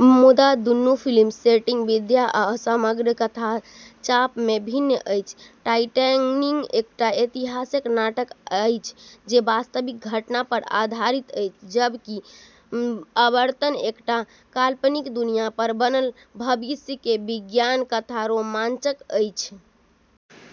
मुदा दुनू फिल्म के सेटिंग, विधा, आ समग्र कथा चाप मे भिन्नता अछि। टाइटैनिक एकटा ऐतिहासिक नाटक अछि जे वास्तविक घटना पर आधारित अछि, जबकि अवतार एकटा काल्पनिक दुनिया पर बनल भविष्य के विज्ञान कथा रोमांच अछि।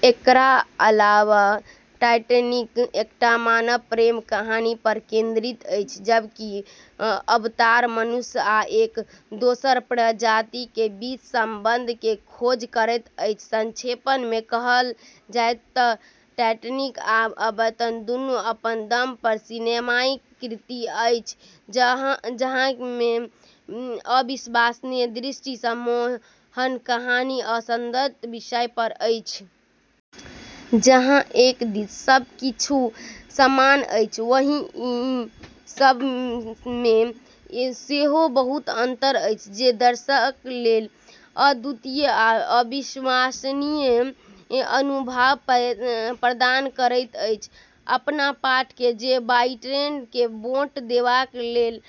एकरा अलावे टाइटैनिक एकटा मानव प्रेम कहानी पर केंद्रित अछि, जबकि अवतार मनुष्य आ एक दोसर प्रजाति के बीच संबंध के खोज करैत अछि। संक्षेप मे कहल जाय तँ टाइटैनिक आ अवतार दुनू अपन दम पर सिनेमाई कृति अछि, जाहि मे अविश्वसनीय दृश्य, सम्मोहक कहानी, आ सशक्त विषय अछि। जहाँ एक दिस ई सब मे किछु समानता अछि, वहीं ई सब मे सेहो बहुत अंतर अछि, जे दर्शक लेल अद्वितीय आ अविस्मरणीय अनुभव प्रदान करैत अछि। अपन पाठक के जो बाइडेन के वोट देबाक लेल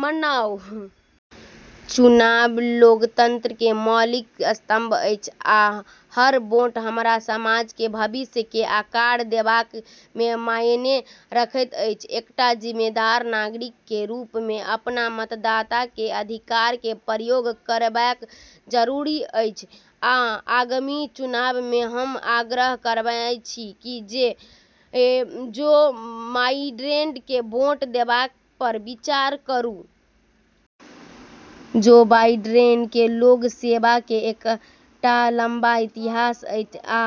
मनाउ। चुनाव लोकतंत्र के मौलिक स्तंभ अछि, आ हर वोट हमर समाज के भविष्य के आकार देबाक मे मायने रखैत अछि। एकटा जिम्मेदार नागरिक के रूप मे अपन मतदान के अधिकार के प्रयोग करब जरूरी अछि, आ आगामी चुनाव मे हम आग्रह करैत छी जे जो बाइडेन के वोट देबाक पर विचार करू। जो बाइडेन के लोक सेवा के एकटा लम्बा इतिहास अछि आ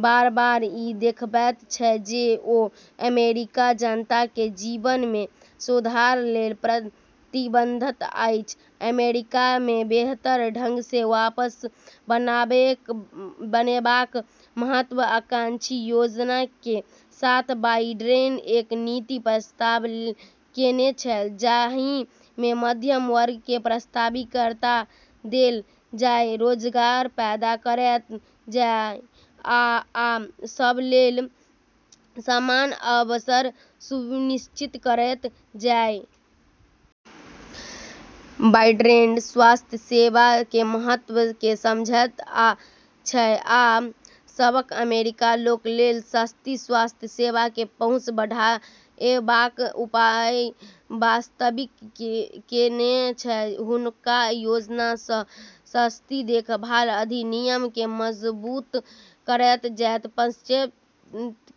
बार-बार ई देखबै छै जे ओ अमेरिकी जनता के जीवन मे सुधार लेल प्रतिबद्ध अछि। अमेरिका के बेहतर ढंग सँ वापस बनएबाक महत्वाकांक्षी योजना के साथ बाइडेन एहन नीति प्रस्तावित केने छै जाहि मे मध्यम वर्ग के प्राथमिकता देल जाय, रोजगार पैदा कएल जाय आ सब लेल समान अवसर सुनिश्चित कएल जाय। बाइडेन स्वास्थ्य सेवा के महत्व के समझैत छै आ सब अमेरिकी लोक लेल सस्ती स्वास्थ्य सेवा के पहुँच बढ़एबाक उपाय प्रस्तावित केने छै। हुनकर योजना सँ सस्ती देखभाल अधिनियम के मजबूत कएल जैत, पर्चे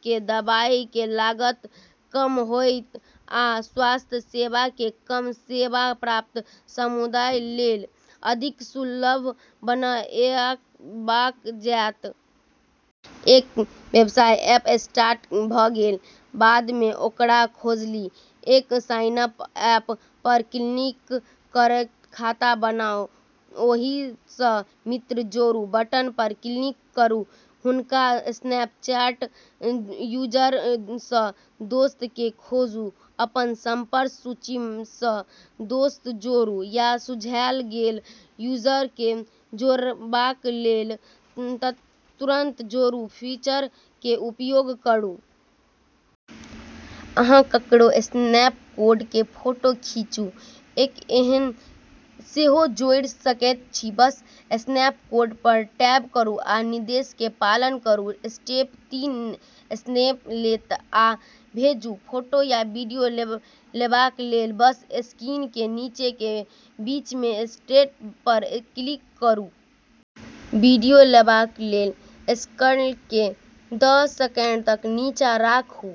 के दवाई के लागत कम होयत, आ स्वास्थ्य सेवा के कम सेवा प्राप्त समुदाय लेल अधिक सुलभ बनएल जैत। एक बेर ऐप इंस्टॉल भ गेलाक बाद ओकरा खोलि कए साइन अप पर क्लिक कए खाता बनाउ। ओतय सँ मित्र जोड़ू बटन पर क्लिक कए हुनकर स्नैपचैट यूजरनेम सँ दोस्त के खोजू, अपन संपर्क सूची सँ दोस्त जोड़ू, या सुझाएल गेल यूजर के जोड़बा लेल त्वरित जोड़ू फीचर के उपयोग करू। अहाँ ककरो स्नैपकोड के फोटो खींचि कए सेहो जोड़ सकैत छी बस स्नैपकोड पर टैप करू आ निर्देशक के पालन करू। स्टेप तीन स्नैप लेब आ भेजू। फोटो या वीडियो लेबाक लेल बस स्क्रीन के नीचा के बीच मे सर्कल पर क्लिक करू। वीडियो लेबाक लेल सर्कल के दस सेकेंड तक नीचा राखू।